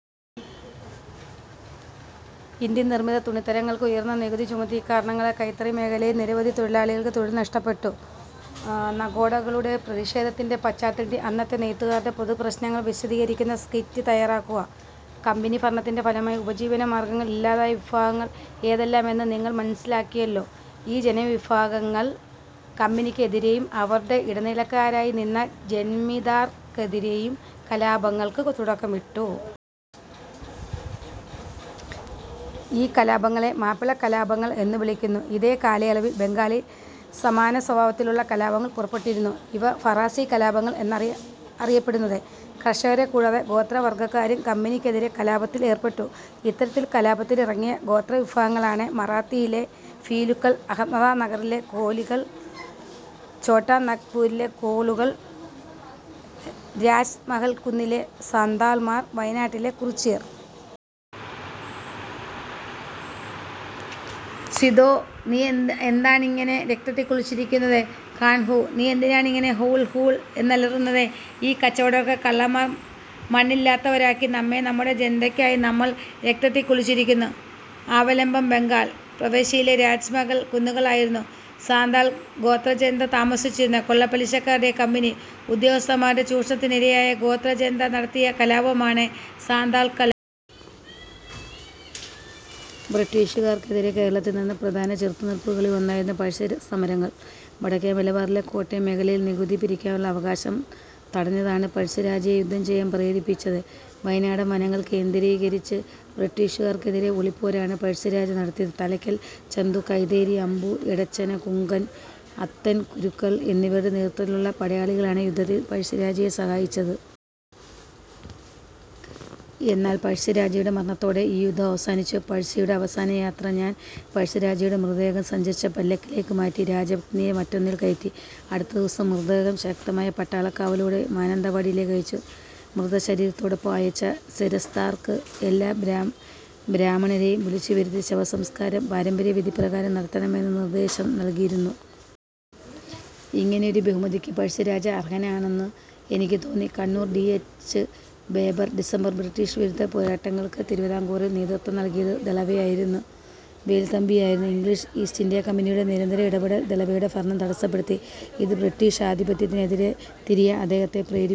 Indian നിർമ്മിത തുണിത്തരങ്ങൾക്ക് ഉയർന്ന നികുതി ചുമത്തി. ഇക്കാരണങ്ങളാൽ കൈത്തറി മേഖലയിൽ നിരവധി തൊഴിലാളികൾക്ക് തൊഴിൽ നഷ്ടപ്പെട്ടു. നഗോഡകളുടെ പ്രതിഷേധത്തിന്റെ പശ്ചാത്തലത്തിൽ അന്നത്തെ നെയ്ത്തുകാരുടെ പൊതുപ്രശ്നങ്ങൾ വിശദീകരിക്കുന്ന സ്കിറ്റ് തയ്യാറാക്കുക. കമ്പനിഭരണത്തിന്റെ ഫലമായി ഉപജീവനമാർഗ്ഗങ്ങൾ ഇല്ലാതായ വിഭാഗങ്ങൾ ഏതെല്ലാമെന്ന് നിങ്ങൾ മനസ്സിലാക്കിയല്ലോ. ഈ ജനവിഭാഗങ്ങൾ കമ്പനിക്ക് എതിരെയും അവരുടെ ഇടനിലക്കാരായിനിന്ന ജമീന്ദാർമാർക്കെതിരെയും കലാപങ്ങൾക്ക് തുടക്കമിട്ടു. ഈ കലാപങ്ങളെ മാപ്പിളകലാപങ്ങൾ എന്നു വിളിക്കുന്നു. ഇതേ കാലയളവിൽ ബംഗാളിൽ സമാനസ്വഭാവത്തിലുള്ള കലാപങ്ങൾ പൊട്ടിപ്പുറപ്പെട്ടിരുന്നു. ഇവ ഫറാസി കലാപങ്ങൾ എന്നാണറിയപ്പെടുന്നത്. കർഷകരെ കൂടാതെ ഗോത്രവർഗ്ഗക്കാരും കമ്പനിക്കെതിരെ കലാപത്തിലേർപ്പെട്ടു. ഇത്തരത്തിൽ കലാപത്തിനിറങ്ങിയ ഗോത്രവിഭാഗങ്ങളാണ്. മറാത്തയിലെ ഭീലുകൾ, അഹമ്മദ്നഗറിലെ കോലികൾ, ഛോട്ടാനാഗ്പൂരിലെ കോളുകൾ, രാജ്മഹൽകുന്നിലെ സാന്താൾ മാർ, വയനാട്ടിലെ കുറിച്യർ. സിദോ, നീയെന്താണിങ്ങനെ രക്തത്തിൽക്കുളിച്ചിരിക്കുന്നത്? കാൻഹു, നീയെന്താണിങ്ങനെ ഹൂൾ ഹൂൾ എന്നലറുന്നത്? ഈ കച്ചവടക്കാർ, കള്ളന്മാർ മണ്ണില്ലാത്തവരാക്കി നമ്മെ. നമ്മുടെ ജനതയ്ക്കായി നമ്മൾ രക്തത്തിൽക്കുളിച്ചിരിക്കുന്നു. അവലംബം: ബംഗാൾ പ്രവിശ്യയിലെ രാജ്മഹൽ കുന്നുകളിലായിരുന്നു സാന്താൾ ഗോത്രജനത താമസിച്ചിരുന്നത്. കൊള്ളപ്പലിശക്കാരുടെയും കമ്പനി ഉദ്യോഗസ്ഥൻമാരുടെയും ചൂഷണത്തിനിരയായ ഗോത്രജനത നടത്തിയ കലാപമാണ് സാന്താൾ കലാപം. ബ്രിട്ടീഷുകാർക്കെതിരെ കേരളത്തിൽ നടന്ന പ്രധാന ചെറുത്തുനിൽപ്പുകളിൽ ഒന്നായിരുന്നു പഴശ്ശി സമരങ്ങൾ. വടക്കെ മലബാറിലെ കോട്ടയം മേഖലയിൽ നികുതി പിരിക്കാനുള്ള അവകാശം തടഞ്ഞതാണ് പഴശ്ശിരാജയെ യുദ്ധം ചെയ്യാൻ പ്രേരിപ്പിച്ചത്. വയനാടൻ വനങ്ങൾ കേന്ദ്രീകരിച്ച് ബ്രിട്ടീഷുകാർക്കെതിരെ ഒളിപ്പോരാണ് പഴശ്ശിരാജ നടത്തിയത്. തലയ്ക്കൽ ചന്തു, കൈതേരി അമ്പു, എടച്ചന കുങ്കൻ, അത്തൻ ഗുരുക്കൾ എന്നിവരുടെ നേതൃത്വത്തിലുള്ള പടയാളികളാണ് യുദ്ധത്തിൽ പഴശ്ശിരാജയെ സഹായിച്ചത്. എന്നാൽ പഴശ്ശിരാജയുടെ മരണത്തോടെ ഈ യുദ്ധം അവസാനിച്ചു. പഴശ്ശിയുടെ അവസാനയാത്ര... ഞാൻ പഴശ്ശിരാജയുടെ മൃത ദേഹം സഞ്ചരിച്ച പല്ലക്കിലേക്കു മാറ്റി. രാജ പത്നിയെ മറ്റൊന്നിൽ കയറ്റി. അടുത്ത ദിവസം മൃതദേഹം ശക്തമായ പട്ടാളക്കാവലോടെ മാനന്തവാടിക്കയച്ചു. മൃതശരീരത്തോടൊപ്പം അയച്ച ശിരസ്തദാർക്ക് എല്ലാ ബ്രാഹ്മണ രെയും വിളിച്ചു വരുത്തി ശവസംസ്കാരം പാരമ്പര്യവിധിപ്രകാരം നടത്തണമെന്ന് നിർദേശം നൽകിയിരുന്നു. ഇങ്ങനെയൊരു ബഹുമതിക്ക് പഴശ്ശിരാജ അർഹനാണെന്ന് എനിക്ക് തോന്നി... Kannur, T. H. Baber December. British വിരുദ്ധ പോരാട്ടങ്ങൾക്ക് തിരുവിതാംകൂറിൽ നേതൃത്വം നൽകിയത് ദളവയായിരുന്ന വേലുത്തമ്പി ആയിരുന്നു. ഇംഗ്ലീഷ് ഈസ്റ്റിന്ത്യാകമ്പനിയുടെ നിരന്തര ഇടപെടൽ ദളവയുടെ ഭരണം തടസ്സപ്പെടുത്തി. ഇത് ബ്രിട്ടീഷ് ആധിപത്യത്തിനെതിരെ തിരിയാൻ അദ്ദേഹത്തെ പ്രേരിപ്പിച്ചു.